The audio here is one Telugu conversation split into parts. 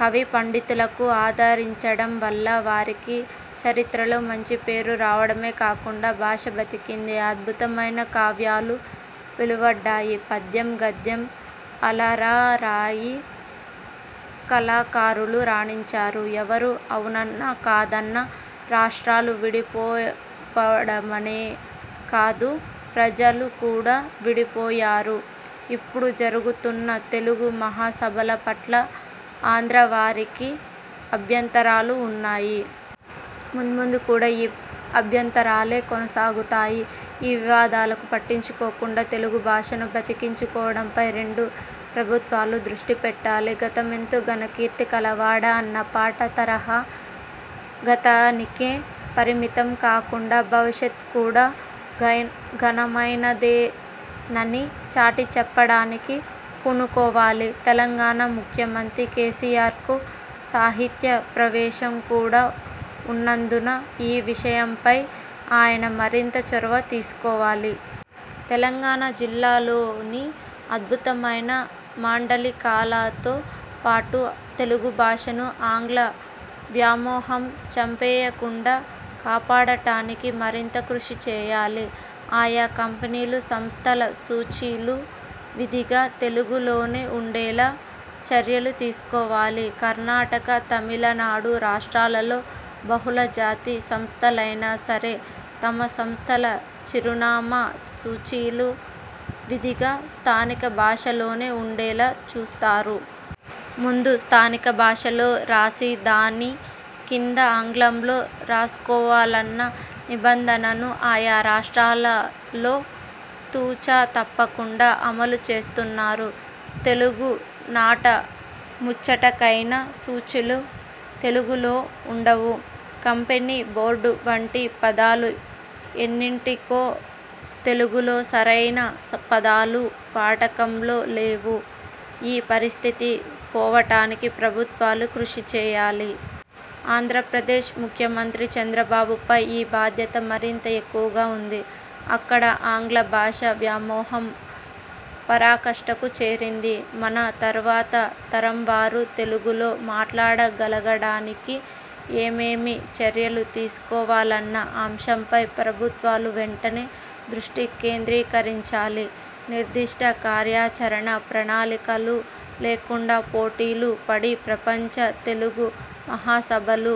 కవి పండితులను ఆదరించడం వల్ల వారికి చరిత్రలో మంచి పేరు రావడమే కాకుండా భాష బతికింది. అద్భుతమైన కావ్యాలు వెలువడ్డాయి. పద్యం– గద్యం అలరారాయి. కళాకారులు రాణించారు. ఎవరు అవునన్నా కాదన్నా రాష్ర్టాలు విడిపోవడమే కాదు ప్రజలు కూడా విడిపోయారు. ఇప్పుడు జరుగుతున్న తెలుగు మహాసభల పట్ల ఆంధ్రవారికి అభ్యంతరాలు ఉన్నాయి. మున్ముందు కూడా ఈ అభ్యంతరాలే కొనసాగుతాయి. ఈ వివాదాలను పట్టించుకోకుండా తెలుగు భాషను బతికించుకోవడంపై రెండు రాష్ట్ర ప్రభుత్వాలు దృష్టి పెట్టాలి. 'గతమెంతో ఘనకీర్తి కలవాడ' అన్న పాట తరహాలో గతానికే పరిమితం కాకుండా భవిష్యత్తు కూడా ఘనమైనదేనని చాటిచెప్పడానికి పూనుకోవాలి. తెలంగాణ ముఖ్యమంత్రి కేసీఆర్కు సాహిత్య ప్రవేశం కూడా ఉన్నందున ఈ విషయమై ఆయన మరింత చొరవ తీసుకోవాలి. తెలంగాణ జిల్లాలలోని అద్భుతమైన మాండలికాలతో పాటు తెలుగు భాషను ఆంగ్ల వ్యామోహం చంపేయకుండా కాపాడటానికి మరింత కృషి చేయాలి. ఆయా కంపెనీలు, సంస్థల సూచీలు విధిగా తెలుగులోనే ఉండేలా చర్యలు తీసుకోవాలి. కర్ణాటక, తమిళనాడు రాష్ర్టాలలో బహుళ జాతి సంస్థలైనా సరే తమ సంస్థల చిరునామా సూచీలు విధిగా స్థానిక భాషలోనే ఉండేలా చూస్తారు. ముందు స్థానిక భాషలో రాసి దాని కింద ఆంగ్లంలో రాసుకోవాలన్న నిబంధనను ఆయా రాష్ర్టాలలో తు. చ. తప్పకుండా అమలు చేస్తున్నారు. తెలుగునాట మచ్చుకైనా సూచీలు తెలుగులో ఉండవు. కంపెనీ, బోర్డు వంటి పదాలు ఎన్నింటికో తెలుగులో సరైన పదాలు వాడకంలో లేవు. ఈ పరిస్థితి పోవడానికి ప్రభుత్వాలు కృషి చేయాలి. ఆంధ్రప్రదేశ్ ముఖ్యమంత్రి చంద్రబాబుపై ఈ బాధ్యత మరింత ఎక్కువగా ఉంది. అక్కడ ఆంగ్ల భాషా వ్యామోహం పరాకాష్టకు చేరింది. మన తర్వాత తరంవారు తెలుగులో మాట్లాడగలగడానికి ఏమేమి చర్యలు తీసుకోవాలన్న అంశంపై ప్రభుత్వాలు వెంటనే దృష్టి కేంద్రీకరించాలి. నిర్దిష్ట కార్యాచరణ ప్రణాళికలు లేకుండా పోటీలు పడి ప్రపంచ తెలుగు మహాసభలు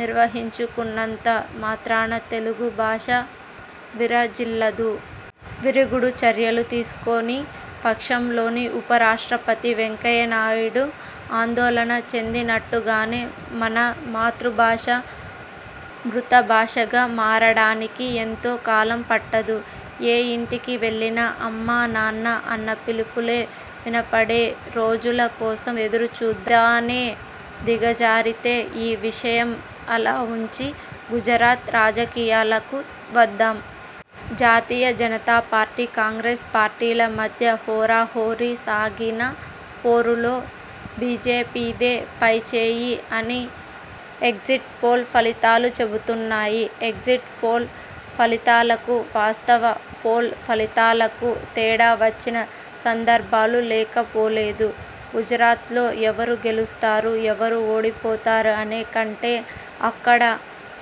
నిర్వహించుకున్నంత మాత్రాన తెలుగు భాష విరాజిల్లదు. విరుగుడు చర్యలు తీసుకోని పక్షంలో ఉపరాష్ట్రపతి వెంకయ్యనాయుడు ఆందోళన చెందినట్టుగానే మన మాతృ భాష మృత భాషగా మారడానికి ఎంతో కాలం పట్టదు. ఏ ఇంటికి వెళ్లినా అమ్మా నాన్న అన్న పిలుపులే వినపడే రోజుల కోసం ఎదురుచూద్దాం. ప్రధానే దిగజారితే ఈ విషయం అలా ఉంచి, గుజరాత్ రాజకీయాలకు వద్దాం. భారతీయ జనతా పార్టీ– కాంగ్రెస్ పార్టీల మధ్య హోరాహోరీ సాగిన పోరులో బీజేపీదే పైచేయి అని ఎగ్జిట్ పోల్ ఫలితాలు చెబుతున్నాయి. ఎగ్జిట్ పోల్ ఫలితాలకు, వాస్తవ పోల్ ఫలితాలకు తేడా వచ్చిన సందర్భాలు లేకపోలేదు. గుజరాత్లో ఎవరు గెలుస్తారు– ఎవరు ఓడిపోతారు అనే కంటే అక్కడ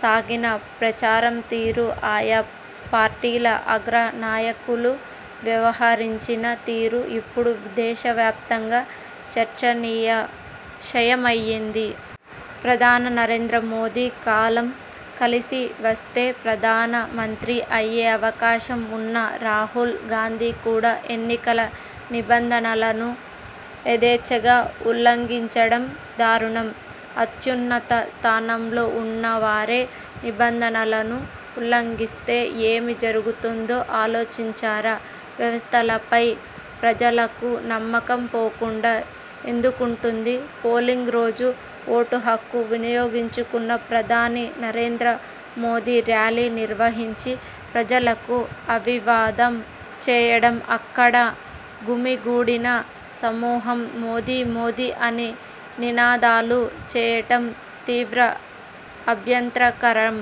సాగిన ప్రచారం తీరు, ఆయా పార్టీల అగ్ర నాయకులు వ్యవహరించిన తీరు ఇప్పుడు దేశవ్యాప్తంగా చర్చనీయాంశమయ్యింది. ప్రధానమంత్రి నరేంద్ర మోదీ– కాలం కలిసి వస్తే ప్రధానమంత్రి అయ్యే అవకాశం ఉన్న రాహుల్ గాంధీ కూడా ఎన్నికల నిబంధనలను యథేచ్ఛగా ఉల్లంఘించడం దారుణం. అత్యున్నత స్థానంలో ఉన్నవారే నిబంధనలను ఉల్లంఘిస్తే ఏమి జరుగుతుందో ఆలోచించారా? వ్యవస్థలపై ప్రజలకు నమ్మకం పోకుండా ఎందుకుంటుంది? పోలింగ్ రోజు ఓటు హక్కు వినియోగించుకున్న ప్రధాని నరేంద్ర మోదీ ర్యాలీ నిర్వహించి ప్రజలకు అభివాదం చేయడం, అక్కడ గుమిగూడిన సమూహం 'మోదీ మోదీ' అని నినాదాలు చేయడం తీవ్ర అభ్యంతరకరం!